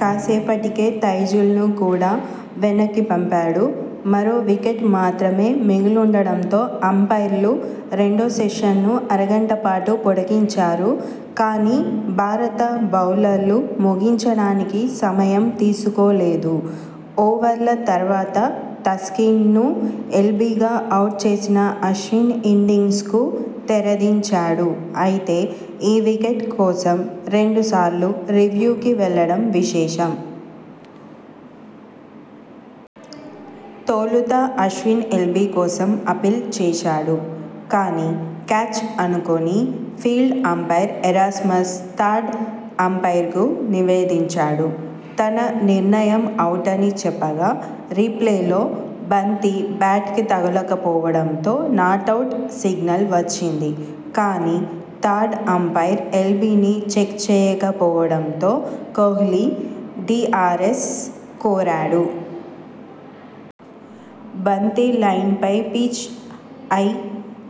కాసేపటికే తైజుల్ ను కూడా వెనక్కి పంపాడు. మరో వికెట్ మాత్రమే మిగిలుండడంతో అంపైర్లు రెండో సెషన్ను అరగంటపాటు పొడిగించారు. కానీ, భారత బౌలర్లు ముగించడానికి సమయం తీసుకోలేదు. ఓవర్ల తర్వాత తస్కిన్ ను ఎల్బీగా అవుట్ చేసిన అశ్విన్ ఇన్నింగ్స్కు తెరదించాడు. అయితే, ఈ వికెట్ కోసం రెండు సార్లు రివ్యూకు వెళ్లడం విశేషం. తొలుత అశ్విన్ ఎల్బీ కోసం అప్పీల్ చేశాడు. కానీ, క్యాచ్ అనుకొని ఫీల్డ్ అంపైర్ ఎరాస్మస్ థర్డ్ అంపైర్కు నివేదించాడు. తన నిర్ణయం అవుటని చెప్పగా రీప్లేలో బంతి బ్యాట్కు తగలకపోవడంతో నాటౌట్ సిగ్నల్ వచ్చింది. కానీ, థర్డ్ అంపైర్ ఎల్బీని చెక్ చేయకపోవడంతో కోహ్లీ డీఆర్ఎస్ కోరాడు. బంతి లైన్పై పిచ్ అయి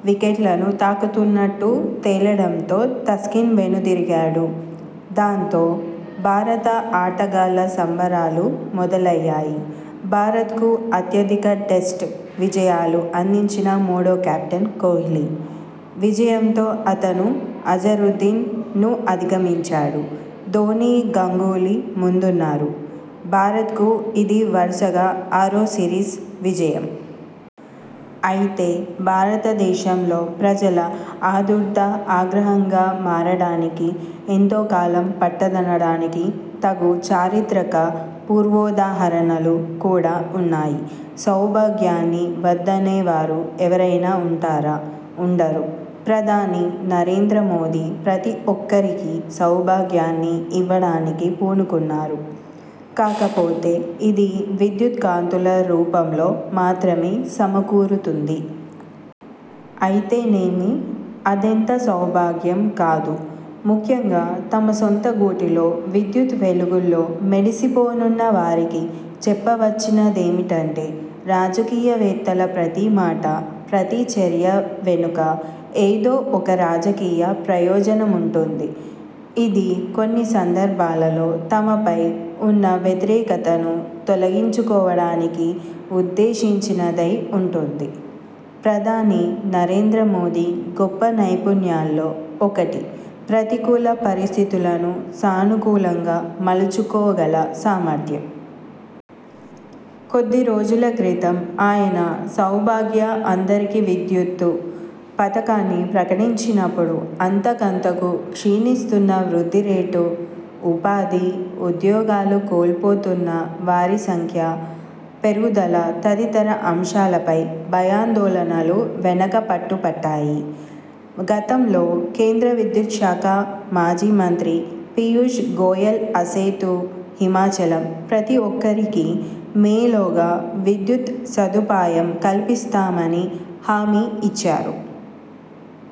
వికెట్లను తాకుతున్నట్టు తేలడంతో తస్కిన్ వెనుదిరిగాడు. దాంతో, భారత ఆటగాళ్ల సంబరాలు మొదలయ్యాయి. భారత్కు అత్యధిక టెస్టు విజయాలు అందించిన మూడో కెప్టెన్ కోహ్లీ. విజయంతో అతను అజరుద్దీన్ ను అధిగమించాడు. ధోనీ, గంగూలీ ముందున్నారు. భారత్కు ఇది వరుసగా ఆరో సిరీస్ విజయం. అయితే భారతదేశంలో ప్రజల ఆదుర్దా ఆగ్రహంగా మారటానికి ఎంతోకాలం పట్టదనడానికి తగు చారిత్రక పూర్వోదాహరణలు కూడా వున్నాయి. సౌభాగ్యాన్ని వద్దనేవారు ఎవరైనా వుంటారా? ఉండరు. ప్రధాని నరేంద్ర మోదీ ప్రతి ఒక్కరికి 'సౌభాగ్యాన్ని' ఇవ్వడానికి పూనుకున్నారు. కాకపోతే, ఇది విద్యుత్ కాంతుల రూపంలో మాత్రమే సమకూరుతుంది. అయితేనేమి, అదెంత సౌభాగ్యం కాదూ ముఖ్యంగా తమ సొంత గూటిలో విద్యుత్ వెలుగుల్లో మెరిసిపోనున్న వారికి? చెప్పవచ్చినదేమిటంటే రాజకీయవేత్తల ప్రతి మాట, ప్రతి చర్య వెనుక ఏదో ఒక రాజకీయ ప్రయోజనముంటుంది. ఇది కొన్ని సందర్భాలలో తమపై వున్న వ్యతిరేకతను తొలగించుకోవడానికి ఉద్దేశించినదై వుంటుంది. ప్రధాని నరేంద్ర మోదీ గొప్ప నైపుణ్యాల్లో ఒకటి ప్రతికూల పరిస్థితులను సానుకూలంగా మలచుకోగల సామర్థ్యం. కొద్దిరోజులక్రితం ఆయన సౌభాగ్య 'అందరికీ విద్యుత్తు' పథకాన్ని ప్రకటించినప్పుడు, అంతకంతకూ క్షీణిస్తున్న వృద్ధి రేటు, ఉపాధి, ఉద్యోగాలు కోల్పోతున్న వారి సంఖ్య పెరుగుదల తదితర అంశాలపై భయాందోళనలు వెనకపట్టుపట్టాయి. గతంలో కేంద్ర విద్యుత్ శాఖ మాజీ మంత్రి పీయూష్ గోయల్ ఆసేతు హిమాచలం ప్రతి ఒక్కరికీ మే లోగా విద్యుత్ సదుపాయం కల్పిస్తామని హామీ ఇచ్చారు.